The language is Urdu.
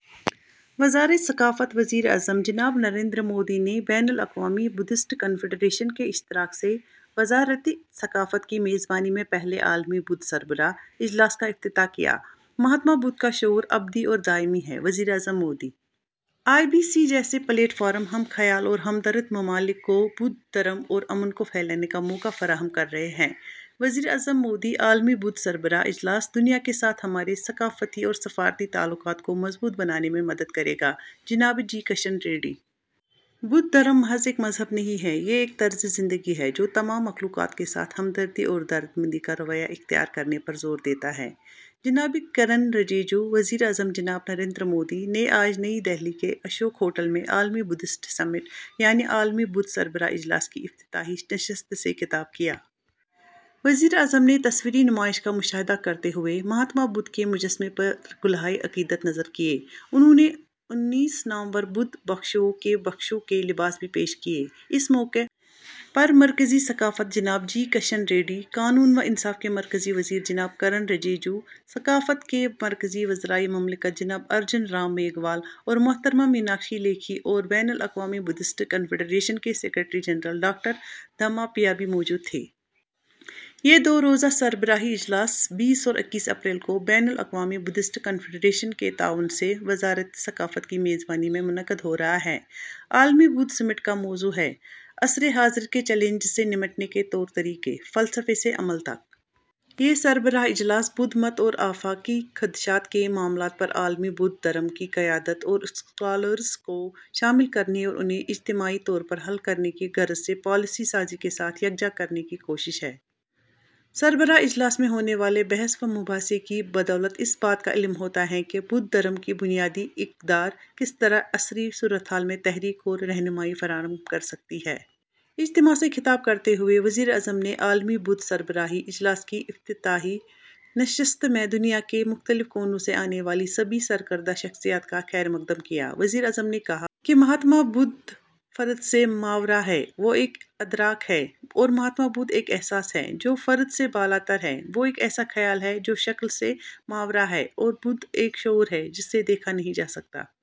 وزارتِ ثقافت۔ وزیر اعظم جناب نریندر مودی نے بین الاقوامی بدھسٹ کنفیڈریشن کے اشتراک سے وزارتِ ثقافت کی میزبانی میں پہلے عالمی بودھ سربراہ اجلاس کا افتتاح کیا۔ ''مہاتما بدھ کا شعور ابدی اور دائمی ہے'': وزیر اعظم مودی۔ ''آئی بی سی جیسے پلیٹ فارم ہم خیال اور ہمدرد ممالک کو بودھ دھم اور امن کو پھیلانے کا موقع فراہم کر رہے ہیں'': وزیر اعظم مودی۔ عالمی بودھ سربراہ اجلاس دنیا کے ساتھ ہمارے ثقافتی اور سفارتی تعلقات کو مضبوط بنانے میں مدد کرے گا: جناب جی کشن ریڈی۔ بودھ دھم محض ایک مذہب نہیں ہے، یہ ایک طرزِ زندگی ہے، جو تمام مخلوقات کے ساتھ ہمدردی اور درد مندی کا رویہ اختیار کرنے پر زور دیتا ہے: جناب کرن رجیجو۔ وزیر اعظم جناب نریندر مودی نے آج نئی دہلی کے اشوک ہوٹل میں عالمی بدھسٹ سمٹ، یعنی عالمی بودھ سربراہ اجلاس کی افتتاحی نشست سے خطاب کیا۔ وزیر اعظم نے تصویری نمائش کا مشاہدہ کرتے ہوئے مہاتما بدھ کے مجسمے پر گلہائے عقیدت نذر کیے۔ انہوں نے انیس نامور بودھ بھکشوؤں کو بھکشو کے لباس بھی پیش کیے۔ اس موقع پر مرکزی وزیر ثقافت جناب جی کشن ریڈی، قانون و انصاف کے مرکزی وزیر جناب کرن رجیجو، ثقافت کے مرکزی وزرائے مملکت جناب ارجن رام میگھوال اور محترمہ میناکشی لیکھی اور بین الاقوامی بدھسٹ کنفیڈریشن کے سکریٹری جنرل ڈاکٹر دھماپیا بھی موجود تھے۔ یہ دو روزہ سربراہی اجلاس، بیس اور اکیس اپریل کو بین الاقوامی بدھسٹ کنفیڈریشن کے تعاون سے وزارتِ ثقافت کی میزبانی میں منعقد ہو رہا ہے۔ عالمی بدھ سمٹ کا موضوع ہے ''عصرِ حاضر کے چیلنجز سے نمٹنے کے طور طریقے: فلسفے سے عمل تک''۔ یہ سربراہ اجلاس بدھ مت اور آفاقی خدشات کے معاملات پر عالمی بودھ دھم کی قیادت اور اسکالرز کو شامل کرنے اور انہیں اجتماعی طور پر حل کرنے کی غرض سے پالیسی سازی کے ساتھ یکجا کرنے کی کوشش ہے۔ سربراہ اجلاس میں ہونے والے بحث و مباحثے کی بدولت اس بات کا علم ہوتا ہے کہ بودھ دھم کی بنیادی اقدار کس طرح عصری صورتحال میں تحریک اور رہنمائی فراہم کر سکتی ہیں۔ اجتماع سے خطاب کرتے ہوئے وزیر اعظم نے عالمی بودھ سربراہی اجلاس کی افتتاحی نشست میں دنیا کے مختلف کونوں سے آنے والی سبھی سرکردہ شخصیات کا خیرمقدم کیا۔ وزیر اعظم نے کہا کہ ''مہاتما بدھ فرد سے ماورا ہیں، وہ ایک ادراک ہیں''، اور مہاتما بدھ ایک احساس ہیں، جو فرد سے بالاتر ہیں، وہ ایک ایسا خیال ہیں، جو شکل سے ماورا ہے اور بدھ ایک شعور ہیں، جسے دیکھا نہیں جا سکتا۔